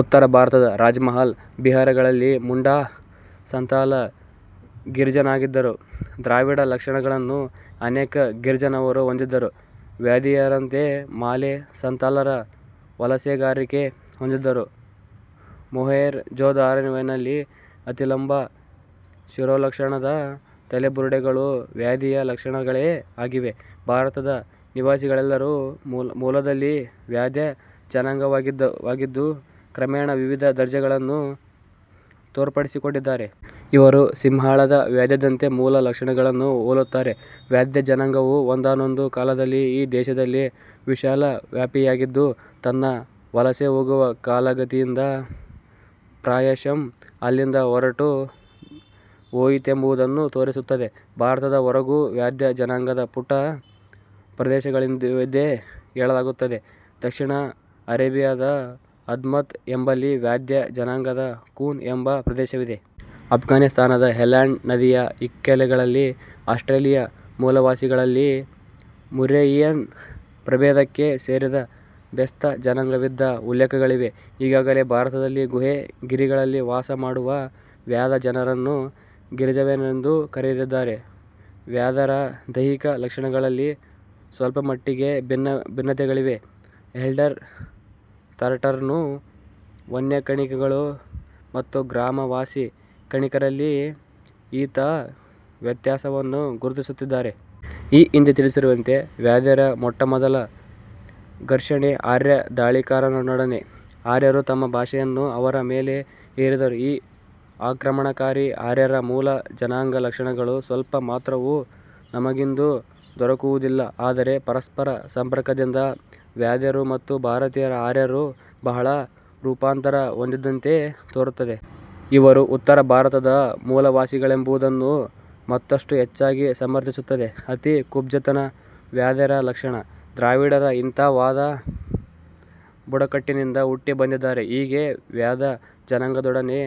ಉತ್ತರ ಭಾರತದ ರಾಜಮಹಲ್, ಬಿಹಾರಗಳಲ್ಲಿ ಮುಂಡಾ, ಸಂತಾಲ ಗಿರಿಜನರಿದ್ದರು. ದ್ರಾವಿಡ ಲಕ್ಷಣಗಳನ್ನು ಅನೇಕ ಗಿರಿಜನರು ಹೊಂದಿದ್ದರು. ವ್ಯಾಧೀಯರಂತೆ ಮಾಲೆ, ಸಂತಾಲರ ವಲಸೆಗಾರಿಕೆ ಹೊಂದಿದ್ದರು. ಮೊಹೆಂಜೋದಾರೊವಿನಲ್ಲಿ ಅತಿಲಂಬ ಶಿರೋಲಕ್ಷಣದ ತಲೆಬುರುಡೆಗಳು ವ್ಯಾಧಿಯ ಲಕ್ಷಣಗಳೇ ಆಗಿವೆ. ಭಾರತದ ನಿವಾಸಿಗಳೆಲ್ಲರೂ ಮೂಲದಲ್ಲಿ ವ್ಯಾಧ ಜನಾಂಗವಾಗಿದ್ದು, ಕ್ರಮೇಣ ವಿವಿಧ ದರ್ಜೆಗಳನ್ನು ತೋರ್ಪಡಿಸಿಕೊಂಡಿದ್ದಾರೆ. ಇವರು ಸಿಂಹಳದ ವ್ಯಾಧದಂತೆ ಮೂಲ ಲಕ್ಷಣಗಳನ್ನು ಹೋಲುತ್ತಾರೆ. ವ್ಯಾಧ ಜನಾಂಗವು ಒಂದಾನೊಂದು ಕಾಲದಲ್ಲಿ ಈ ದೇಶದಲ್ಲಿ ವಿಶಾಲ ವ್ಯಾಪಿಯಾಗಿದ್ದು ತನ್ನ ವಲಸೆ ಹೋಗುವ ಕಾಲಗತಿಯಿಂದ ಪ್ರಾಯಶಃ ಅಲ್ಲಿಂದ ಹೊರಟು ಹೋಯಿತೆಂಬುದನ್ನು ತೋರಿಸುತ್ತದೆ. ಭಾರತದ ಹೊರಗೂ ವ್ಯಾದ ಜನಾಂಗದ ಪುಟ್ಟ ಪ್ರದೇಶಗಳಿವೆಂದು ಹೇಳಲಾಗುತ್ತದೆ. ದಕ್ಷಿಣ ಅರೇಬಿಯಾದ ಹಧ್ಮತ್ ಎಂಬಲ್ಲಿ ವಾದ್ಯ ಜನಾಂಗದ 'ಕೂನ್' ಎಂಬ ಪ್ರದೇಶವಿದೆ. ಆಫ್ಘಾನಿಸ್ತಾನದ ಹೆಲ್ಮಾಂಡ್ ನದಿಯ ಇಕ್ಕೆಲಗಳಲ್ಲಿ, ಆಸ್ಟ್ರೇಲಿಯಾ ಮೂಲನಿವಾಸಿಗಳಲ್ಲಿ ಮುರ್ರೇಯಿಯನ್ ಪ್ರಭೇದಕ್ಕೆ ಸೇರಿದ ಬೆಸ್ತ ಜನಾಂಗವಿದ್ದ ಉಲ್ಲೇಖಗಳಿವೆ ಈಗಾಗಲೇ ಭಾರತದಲ್ಲಿ 'ಗುಹೆ, ಗಿರಿಗಳಲ್ಲಿ ವಾಸ ಮಾಡುವ ವ್ಯಾಧ ಜನರನ್ನು ಗಿರಿಜನರೆಂದು ಕರೆದಿದ್ದಾರೆ. ವ್ಯಾಧರ ದೈಹಿಕ ಲಕ್ಷಣಗಳಲ್ಲಿ ಸ್ವಲ್ಪಮಟ್ಟಿಗೆ ಭಿನ್ನತೆಗಳಿವೆ. ಎಡ್ಗರ್ ಥರ್ಸ್ಟನ್ರು ವನ್ಯಕಣಿಕರು ಮತ್ತು ಗ್ರಾಮ ವಾಸೀ ಕಣಿಕರಲ್ಲಿ ಇಂಥಾ ವ್ಯತ್ಯಾಸವನ್ನು ಗುರುತಿಸುತ್ತಿದ್ದಾರೆ. ಈ ಹಿಂದೆ ತಿಳಿಸಿರುವಂತೆ ವ್ಯಾಧರ ಮೊಟ್ಟಮೊದಲ ಘರ್ಷಣೆ ಆರ್ಯ ಧಾಳಿಕಾರರೊಡನೆ. ಆರ್ಯರು ತಮ್ಮ ಭಾಷೆಯನ್ನು ಅವರ ಮೇಲೆ ಹೇರಿದರು. ಈ ಆಕ್ರಮಣಕಾರೀ ಆರ್ಯರ ಮೂಲ ಜನಾಂಗ ಲಕ್ಷಣಗಳು ಸ್ವಲ್ಪ ಮಾತ್ರವೂ ನಮಗಿಂದು ದೊರಕುವುದಿಲ್ಲ. ಆದರೆ ಪರಸ್ಪರ ಸಂಪರ್ಕದಿಂದ ವ್ಯಾಧರು ಮತ್ತು ಭಾರತೀಯ ಆರ್ಯರು ಬಹಳ ರೂಪಾಂತರ ಹೊಂದಿದಂತೆ ತೋರುತ್ತದೆ. ಇವರು ಉತ್ತರ ಭಾರತದ ಮೂಲನಿವಾಸಿಗಳೆಂಬುದನ್ನು ಮತ್ತಷ್ಟು ಹೆಚ್ಚಾಗಿ ಸಮರ್ಥಿಸುತ್ತದೆ. ಅತೀ ಕುಬ್ಜತನ ವ್ಯಾಧರ ಲಕ್ಷಣ. ದ್ರಾವಿಡರ ಇಂಥಾ ವಾಧ ಬುಡಕಟ್ಟಿನಿಂದ ಹುಟ್ಟಿ ಬಂದಿದ್ದಾರೆ. ಹೀಗೆ ವ್ಯಾಧ ಜನಾಂಗದೊಡನೆ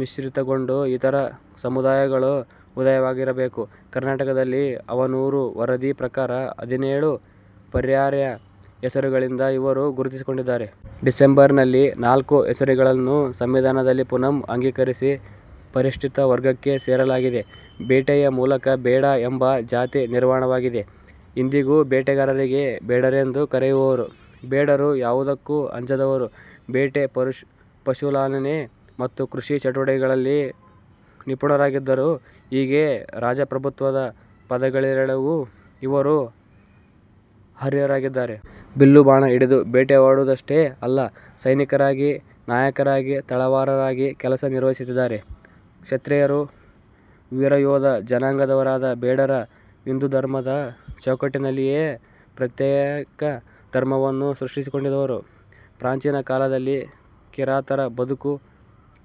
ಮಿಶ್ರಿತಗೊಂಡು ಇತರ ಸಮುದಾಯಗಳು ಉದಯವಾಗಿರಬೇಕು. ಕರ್ನಾಟಕದಲ್ಲಿ ಹಾವನೂರು ವರದಿ ಪ್ರಕಾರ ಹದಿನೇಳು ಪರ್ಯಾಯ ಹೆಸರುಗಳಿಂದ ಇವರು ಗುರುತಿಸಿಕೊಂಡಿದ್ದಾರೆ. ಡಿಸೆಂಬರ್ನಲ್ಲಿ ನಾಲ್ಕು ಹೆಸರುಗಳನ್ನು ಸಂವಿಧಾನದಲ್ಲಿ ಪುನಃ ಅಂಗೀಕರಿಸಿ ಪರಿಶಿಷ್ಟ ವರ್ಗಕ್ಕೆ ಸೇರಿಸಲಾಗಿದೆ. ಬೇಟೆಯ ಮೂಲಕ ಬೇಡ ಎಂಬ ಜಾತಿ ನಿರ್ಮಾಣವಾಗಿದೆ. ಇಂದಿಗೂ ಬೇಟೆಗಾರರಿಗೆ ಬೇಡರೆಂದೇ ಕರೆಯುವರು. ಬೇಡರು ಯಾವುದಕ್ಕೂ ಅಂಜದವರು. ಬೇಟೆ, ಪಶುಪಾಲನೆ ಮತ್ತು ಕೃಷಿ ಚಟುವಟಿಕೆಗಳಲ್ಲಿ ನಿಪುಣರಾಗಿದ್ದರು. ಹೀಗೆ ರಾಜಪ್ರಭುತ್ವದ ಪದವಿಗಳವರೆಗೂ ಇವರು ಅರ್ಹರಾಗಿದ್ದರು. ಬಿಲ್ಲುಬಾಣ ಹಿಡಿದು ಬೇಟೆಯಾಡುವುದಷ್ಟೇ ಅಲ್ಲ. ಸೈನಿಕರಾಗಿ, ನಾಯಕರಾಗಿ, ತಳವಾರರಾಗಿ ಕೆಲಸ ನಿರ್ವಹಿಸಿದ್ದಾರೆ. ಕ್ಷತ್ರಿಯರು, ವೀರಯೋಧ ಜನಾಂಗದವರಾದ ಬೇಡರು ಹಿಂದೂಧರ್ಮದ ಚೌಕಟ್ಟಿನಲ್ಲಿಯೇ ಪ್ರತ್ಯೇಕ ಧರ್ಮವನ್ನು ಸೃಷ್ಟಿಸಿಕೊಂಡಿರುವರು. ಪ್ರಾಚೀನ ಕಾಲದಲ್ಲಿ ಕಿರಾತರ ಬದುಕು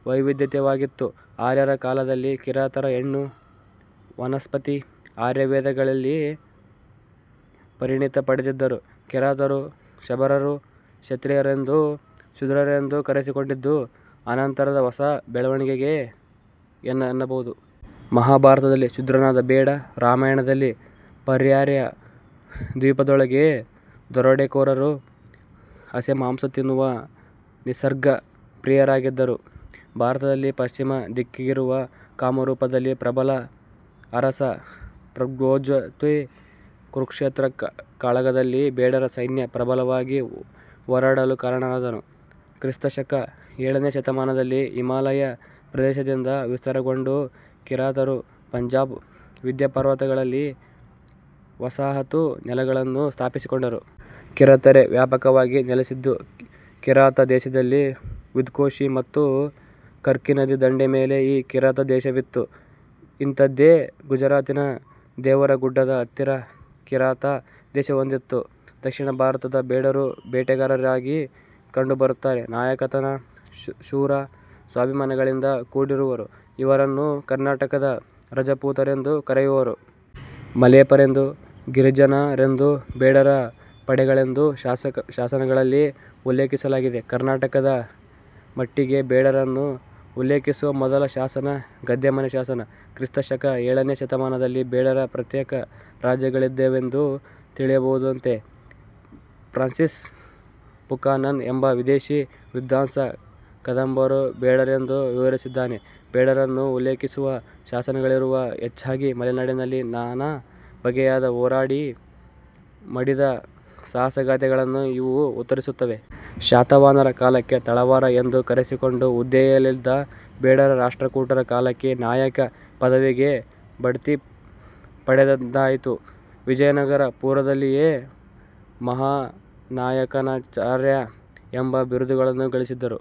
ವೈವಿಧ್ಯಮಯವಾಗಿತ್ತು. ಆರ್ಯರ ಕಾಲದಲ್ಲಿ ಕಿರಾತರ ಹೆಣ್ಣು, ವನಸ್ಪತಿ, ಆಯುರ್ವೇದಗಳಲ್ಲಿ ಪರಿಣಿತಿ ಪಡೆದಿದ್ದರು. ಕಿರಾತರು, ಶಬರರು ಕ್ಷತ್ರಿಯರೆಂದು, ಶೂದ್ರರೆಂದು ಕರೆಸಿಕೊಂಡಿದ್ದು, ಅನಂತರದ ಹೊಸ ಬೆಳವಣಿಗೆಗೆ ಎನ್ನಬಹುದು. ಮಹಾಭಾರತದಲ್ಲಿ ಶೂದ್ರನಾದ ಬೇಡ, ರಾಮಾಯಣದಲ್ಲಿ, ಪರ್ಯಾಯ ದ್ವೀಪದೊಳಗೆ ದರೋಡೆಕೋರರು, ಹಸೆಮಾಂಸ ತಿನ್ನುವ ನಿಸರ್ಗ ಪ್ರಿಯರಾಗಿದ್ದರು. ಭಾರತದಲ್ಲಿ ಪಶ್ಚಿಮ ದಿಕ್ಕಿಗಿರುವ ಕಾಮರೂಪದಲ್ಲಿ ಪ್ರಬಲ ಅರಸ 'ಪ್ರಗ್ಜೊತಿ' ಕುರುಕ್ಷೇತ್ರ ಕಾಳಗದಲ್ಲಿ ಬೇಡರ ಸೈನ್ಯ ಪ್ರಬಲವಾಗಿ ಹೋರಾಡಲು ಕಾರಣನಾದನು. ಕ್ರಿಸ್ತ ಶಕ ಎಳನೆ ಶತಮಾನದಲ್ಲಿ ಹಿಮಾಲಯ ಪ್ರದೇಶದಿಂದ ವಿಸ್ತರಣೆಗೊಂಡು ಕಿರಾತರು, ಪಂಜಾಬ್, ವಿಂದ್ಯಾಪರ್ವತಗಳಲ್ಲಿ ವಸಾಹತು ನೆಲೆಗಳನ್ನು ಸ್ಥಾಪಿಸಿಕೊಂಡರು. ಕಿರಾತರೇ ವ್ಯಾಪಕವಾಗಿ ನೆಲೆಸಿದ್ದು ಕಿರಾತ ದೇಶದಲ್ಲಿ ದುದ್ಕೋಶಿ ಮತ್ತು ಕರ್ಕಿನದಿ ದಂಡೆ ಮೇಲೆ ಈ ಕಿರಾತ ದೇಶವಿತ್ತು. ಇಂಥದ್ದೇ ಗುಜರಾತಿನ ದೇವರಗುಡ್ಡದ ಹತ್ತಿರ ಕಿರಾತ ದೇಶವೊಂದಿತ್ತು. ದಕ್ಷಿಣ ಭಾರತದ ಬೇಡರು ಬೇಟೆಗಾರರಾಗಿ ಕಂಡು ಬರುತ್ತಾರೆ. ನಾಯಕತನ ಶೂರ, ಸ್ವಾಭಿಮಾನಗಳಿಂದ ಕೂಡಿರುವ ಇವರನ್ನು ಕರ್ನಾಟಕದ ರಜಪೂತರೆಂದು ಕರೆಯುವರು. ಮಲೆಪರೆಂದು, ಗಿರಿಜನರೆಂದು, ಬೇಡರ ಪಡೆಗಳೆಂದು ಶಾಸನಗಳಲ್ಲಿ ಉಲ್ಲೇಖಿಸಲಾಗಿದೆ. ಕರ್ನಾಟಕದ ಮಟ್ಟಿಗೆ ಬೇಡರನ್ನು ಉಲ್ಲೇಖಿಸುವ ಮೊದಲ ಶಾಸನ ಗದ್ದೆಮನೆ ಶಾಸನ. ಕ್ರಿಸ್ತ ಶಕ ಎಳನೆ ಶತಮಾನದಲ್ಲಿ ಬೇಡರ ಪ್ರತ್ಯೇಕ ರಾಜ್ಯಗಳಿದ್ದವೆಂದು ತಿಳಿದುಬರುತ್ತದೆ. ಫ್ರಾನ್ಸಿಸ್ ಬುಕಾನನ್ ಎಂಬ ವಿದೇಶಿ ವಿದ್ವಾಂಸ ಕದಂಬರು ಬೇಡರೆಂದು ವಿವರಿಸಿದ್ದಾನೆ. ಬೇಡರನ್ನು ಉಲ್ಲೇಖಿಸುವ ಶಾಸನಗಳಿರುವುದು ಹೆಚ್ಚಾಗಿ ಮಲೆನಾಡಿನಲ್ಲಿ, ನಾನಾ ಬಗೆಯಾಗಿ ಹೋರಾಡಿ, ಮಡಿದ ಸಾಹಸಗಾಥೆಗಳನ್ನು ಇವು ಉತ್ತರಿಸುತ್ತವೆ. ಶಾತವಾಹನರ ಕಾಲಕ್ಕೆ ತಳವಾರ ಎಂದು ಕರೆಸಿಕೊಂಡು ಹುದ್ದೆಯಲ್ಲಿದ್ದ ಬೇಡರು, ರಾಷ್ಟ್ರಕೂಟರ ಕಾಲಕ್ಕೆ 'ನಾಯಕ' ಪದವಿಗೆ ಬಡ್ತಿ ಪಡೆದಂತಾಯಿತು. ವಿಜಯನಗರ ಪೂರ್ವದಲ್ಲಿಯೇ ಮಹಾನಾಯಕಚಾರ್ಯ ಎಂಬ ಬಿರುದುಗಳನ್ನು ಗಳಿಸಿದ್ದರು.